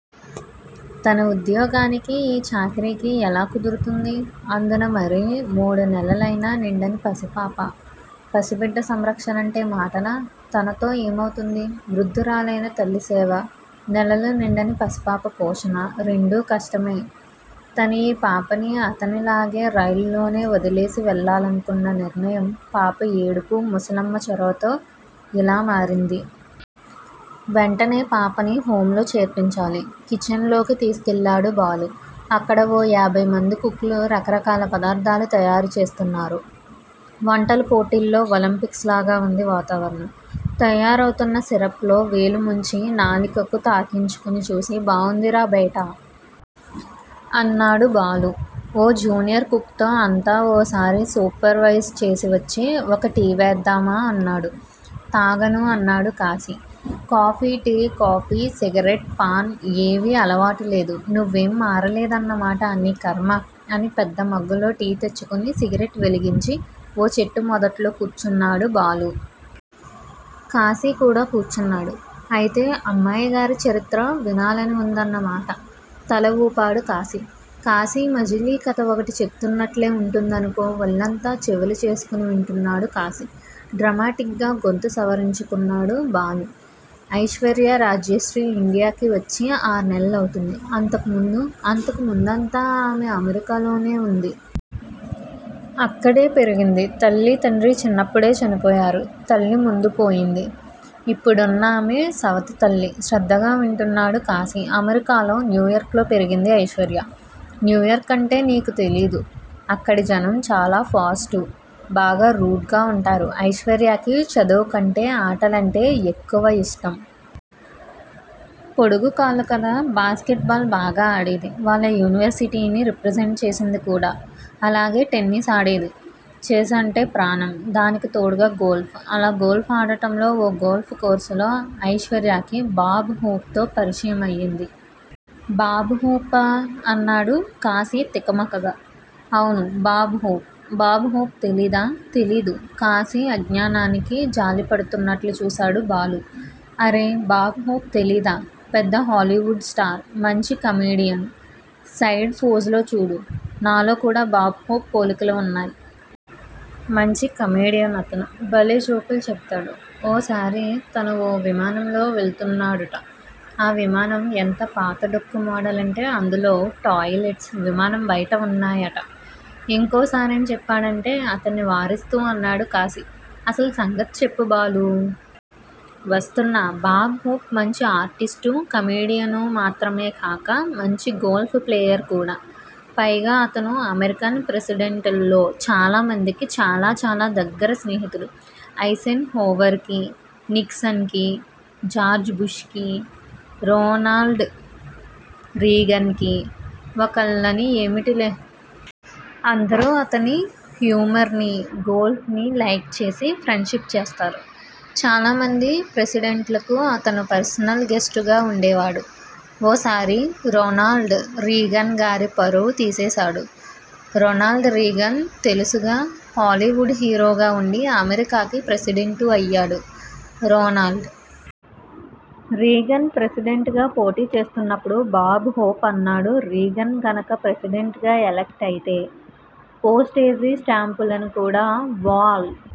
తన ఉద్యోగానికి యీ చాకిరికీ ఎలా కుదురుతుంది. అందునా మరీ మూడు నెలలయినా నిండని పసిపాప! పసిబిడ్డ సంరక్షణ అంటే మాటలా! తనతో ఏమవుతుంది వృద్దురాలైన తల్లి సేవ, నెలలు నిండని పసిపాప పోషణ రెండూ కష్టమే! తను యీ పాపని అతనిలాగే రైల్లోనే వదిలేసి వెళ్ళాలనుకున్న నిర్ణయం పాప ఏడుపూ ముసలమ్మ చొరవతో యిల మారింది. వెంటనే పాపని హొంలో చేర్పించాలి. కిచెన్ లోకి తీసుకెళ్ళాడు బాలు. అక్కడ ఓ యాభై మంది కుక్ లు రకరకాల పదార్థాలు తయారు చేస్తున్నారు. వంటల్ పోటీల్లో ఒలింపిక్స్ లాగా ఉంది వాతావరణం. తయారవుతున్న సిరప్ లో వేలు ముంచి నాలికకు తాకించుకుని చూసి బావుందిరా బేటా! అన్నాడు బాలూ ఓ జూనియర్ కుక్ తో. అంతా ఓసారి సూపర్ వైజ్ చేసివచ్చి ఒక టీ వేద్దామా! అన్నాడు. తాగను అన్నాడు Kashi. Coffee tea, coffee, cigarette, paan ఏవీ అలవాటు లేదు నువ్వేం మారలేదన్నమాట! నీ ఖర్మ! అని పెద్ద మగ్గులో టీ తెచ్చుకుని సిగరెట్ వెలిగించి ఓ చెట్టు మొదట్లో కూర్చున్నాడు బాలూ. కాశీ కూడా కూర్చున్నాడు. అయితే అమ్మాయిగారి చరిత్ర వినాలని ఉందన్నమాట! తలఊపాడు కాశీ. కాశీమజిలీ కథ ఒకటి చెబుతున్నట్లే ఉంటుందనుకో! ఒళ్ళంతా చెవులు చేసుకుని వింటున్నాడు కాశీ. డ్రమెటిక్ గా గొంతు సవరించుకున్నాడు బాలూ. ఐశ్వర్య రాజ్యశ్రీ ఇండియాకి వచ్చి ఆర్నెల్లు అవుతుంది అంతకు ముందు అంతకు ముందంతా ఆమె అమెరికాలోనే ఉంది. అక్కడే పెరిగింది. తల్లీతండ్రీ చిన్నప్పుడే చనిపోయారు. తల్లి ముందు పోయింది. ఇప్పుడున్నామె సవతి తల్లి. శ్రద్ధగా వింటున్నాడు కాశీ. అమెరికాలో న్యూయార్క్ లో పెరిగింది ఐశ్వర్య. న్యూయార్క్ అంటే నీకు తెలీదు. అక్కడి జనం చాలా ఫాస్టు. బాగా రూడ్ గా ఉంటారు. ఐశ్వర్యకి చదువుకంటే ఆటలంటే ఎక్కువ ఇష్టం. పొడుగు కాళ్ళు కదా. బాస్కెట్ బాల్ బాగా ఆడేది. వాళ్ళ యూనివర్సిటీని రిప్రజెంట్ చేసింది కూడా. అలాగే టెన్నిస్ ఆడేది. ఛెస్ అంటే ప్రాణం. దానికి తోడుగా గోల్ఫ్ అలా గోల్ఫ్ ఆడటంలో ఓ గోల్ఫ్ కోర్సులో ఐశ్వర్యకి బాబ్ హోప్ తో పరిచయం అయింది. బాబ్ హోపా? అన్నాడు కాశీ తికమకగా. అవును. Bob Hope. బాబ్ హోప్ తెలీదా? తెలీదు కాశీ అజ్ఞానానికి జాలిపడుతున్నట్లు చూశాడు బాలూ. అరె బాబ్ హోప్ తెలీదా! పెద్ద హాలివుడ్ స్టార్. మంచి కమెడియన్. సైడ్ ఫోజులో చూడు. నాలో కూడా బాబ్ హోప్ పోలికలు ఉన్నాయ్. మంచి కమెడియన్ అతను. బలే జోకులు చెబుతాడు. ఓసారి తను ఓ విమానంలో వెళ్తున్నాడట. ఆ విమానం ఎంత పాత డొక్కు మోడలంటే అందులో టాయ్ లెట్స్ విమానం బయట ఉన్నాయట. ఇంకోసారేం చెప్పాడంటే అతన్ని వారిస్తూ అన్నాడు కాశీ. అసలు సంగతి చెప్పు బాలూ. వస్తున్నా. బాబ్ హోప్ మంచి ఆర్టిస్టూ, కమేడియనూ మాత్రమే కాక మంచి గోల్ఫ్ ప్లేయర్ కూడా. పైగా అతను అమెరికన్ ప్రెసిడెంటులో చాలా మందికి చాలా చాలా దగ్గర స్నేహితుడు. ఐసెన్ హోవర్ కి, నిక్సన్ కి, జార్జ్ బుష్ కీ, రొనాల్డ్ రీగన్ కి ఒకళ్ళని ఏమిటిలే. అందరూ అతని హ్యూమర్ నీ, గోల్ఫ్ నీ లైక్ చేసి ఫ్రెండ్ షిప్ చేస్తారు. చాలామంది ప్రెసిడెంట్లకు అతను పర్సనల్ గెస్టుగా ఉండేవాడు. ఓసారి రొనాల్డ్ రీగన్ గారి పరువు తీసేశాడు. రొనాల్డ్ రీగన్ తెలుసుగా. హాలివుడ్ హీరోగా ఉండి అమెరికాకి ప్రెసిడెంటు అయ్యాడు. రోనాల్డ్ రీగన్ ప్రెసిడెంట్ గా పోటీ చేస్తున్నప్పుడు బాబ్ హోప్ అన్నాడూ రీగన్ గనక ప్రెసిడెంట్ గా ఎలెక్ట్ అయితే, పోస్టేజి స్టాంపులను కూడా వాల్